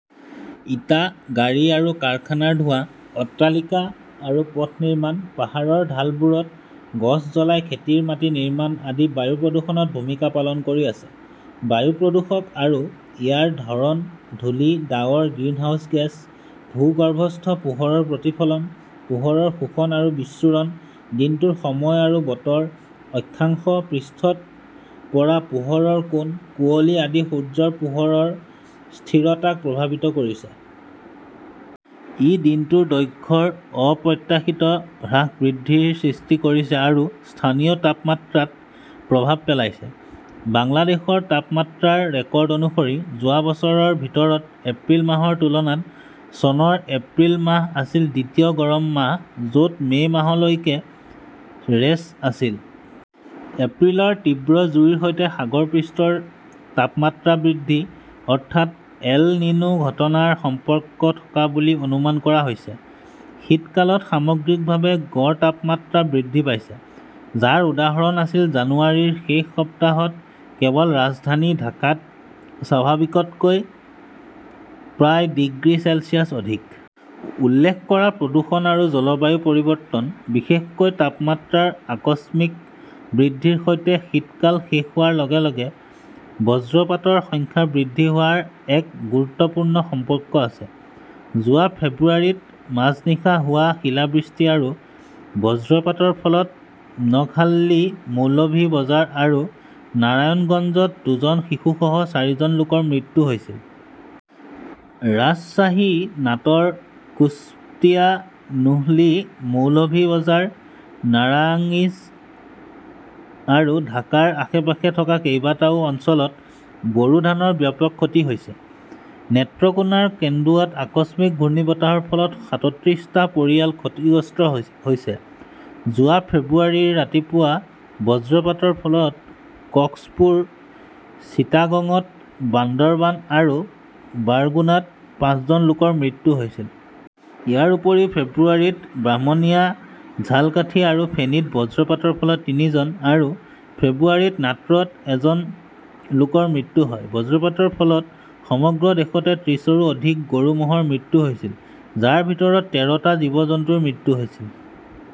ইটা, গাড়ী আৰু কাৰখানাৰ ধোঁৱা, অট্টালিকা আৰু পথ নিৰ্মাণ, পাহাৰৰ ঢালবোৰত গছ জ্বলাই খেতিৰ মাটি নিৰ্মাণ আদি বায়ু প্ৰদূষণত ভূমিকা পালন কৰি আছে। বায়ু প্ৰদূষক আৰু ইয়াৰ ধৰণ, ধূলি, ডাৱৰ, গ্ৰিনহাউজ গেছ, ভূগৰ্ভস্থ পোহৰৰ প্ৰতিফলন, পোহৰৰ শোষণ আৰু বিচ্ছুৰণ, দিনটোৰ সময় আৰু বতৰ, অক্ষাংশ, পৃষ্ঠত পৰা পোহৰৰ কোণ, কুঁৱলী আদি সূৰ্যৰ পোহৰৰ স্থিৰতাক প্ৰভাৱিত কৰিছে। ই দিনটোৰ দৈৰ্ঘ্যৰ অপ্ৰত্যাশিত হ্ৰাস-বৃদ্ধিৰ সৃষ্টি কৰিছে আৰু স্থানীয় তাপমাত্ৰাত প্ৰভাৱ পেলাইছে। বাংলাদেশৰ তাপমাত্ৰাৰ ৰেকৰ্ড অনুসৰি যোৱা বছৰৰ ভিতৰত এপ্ৰিল মাহৰ তুলনাত চনৰ এপ্ৰিল মাহ আছিল দ্বিতীয় গৰম মাহ য'ত মে' মাহলৈকে ৰেচ আছিল। এপ্ৰিলৰ তীব্ৰ জুইৰ সৈতে সাগৰ পৃষ্ঠৰ তাপমাত্ৰা বৃদ্ধি, অৰ্থাৎ এল-নিনো ঘটনাৰ সম্পৰ্ক থকা বুলি অনুমান কৰা হৈছে। শীতকালত সামগ্ৰিকভাৱে গড় তাপমাত্ৰা বৃদ্ধি পাইছে, যাৰ উদাহৰণ আছিল জানুৱাৰীৰ শেষ সপ্তাহত কেৱল ৰাজধানী ঢাকাত স্বাভাৱিকতকৈ প্ৰায় ডিগ্ৰী চেলছিয়াছ অধিক। উল্লেখ কৰা প্ৰদূষণ আৰু জলবায়ু পৰিৱৰ্তন, বিশেষকৈ তাপমাত্ৰাৰ আকস্মিক বৃদ্ধিৰ সৈতে শীতকাল শেষ হোৱাৰ লগে লগে বজ্ৰপাতৰ সংখ্যা বৃদ্ধি হোৱাৰ এক গুৰুত্বপূৰ্ণ সম্পৰ্ক আছে। যোৱা ফেব্ৰুৱাৰীত মাজনিশা হোৱা শিলাবৃষ্টি আৰু বজ্ৰপাতৰ ফলত নকহাল্লি, মৌলভি বজাৰ আৰু নাৰায়ণগঞ্জত দুজন শিশুসহ চাৰিজন লোকৰ মৃত্যু হৈছিল। ৰাজশ্বাহী, নাট 'ৰ, কুশ্তিয়া, নোহলী, মৌলভি বজাৰ, নাৰাংইজ আৰু ঢাকাৰ আশে-পাশে থকা কেইবাটাও অঞ্চলত বৰো ধানৰ ব্যাপক ক্ষতি হৈছে। নেত্ৰকোনাৰ কেন্দুৱাত আকস্মিক ঘূৰ্ণীবতাহৰ ফলত সাতত্ৰিছটা পৰিয়াল ক্ষতিগ্ৰস্ত হৈছে। যোৱা ফেব্ৰুৱাৰীৰ ৰাতিপুৱা বজ্ৰপাতৰ ফলত কক্সপুৰ, চিটাগঙত, বান্দাৰবান আৰু বাৰগুনাত পাঁচজন লোকৰ মৃত্যু হৈছিল। ইয়াৰ উপৰিও ফেব্ৰুৱাৰীত ব্ৰাহ্মণিয়া, ঝালকাঠি আৰু ফেনীত বজ্ৰপাতৰ ফলত তিনিজন আৰু ফেব্ৰুৱাৰীত নাটৰত এজন লোকৰ মৃত্যু হয়। বজ্ৰপাতৰ ফলত সমগ্ৰ দেশতে ত্ৰিছৰো অধিক গৰু-ম'হৰ মৃত্যু হৈছিল, যাৰ ভিতৰত তেৰটা জীৱ-জন্তুৰ মৃত্যু হৈছিল।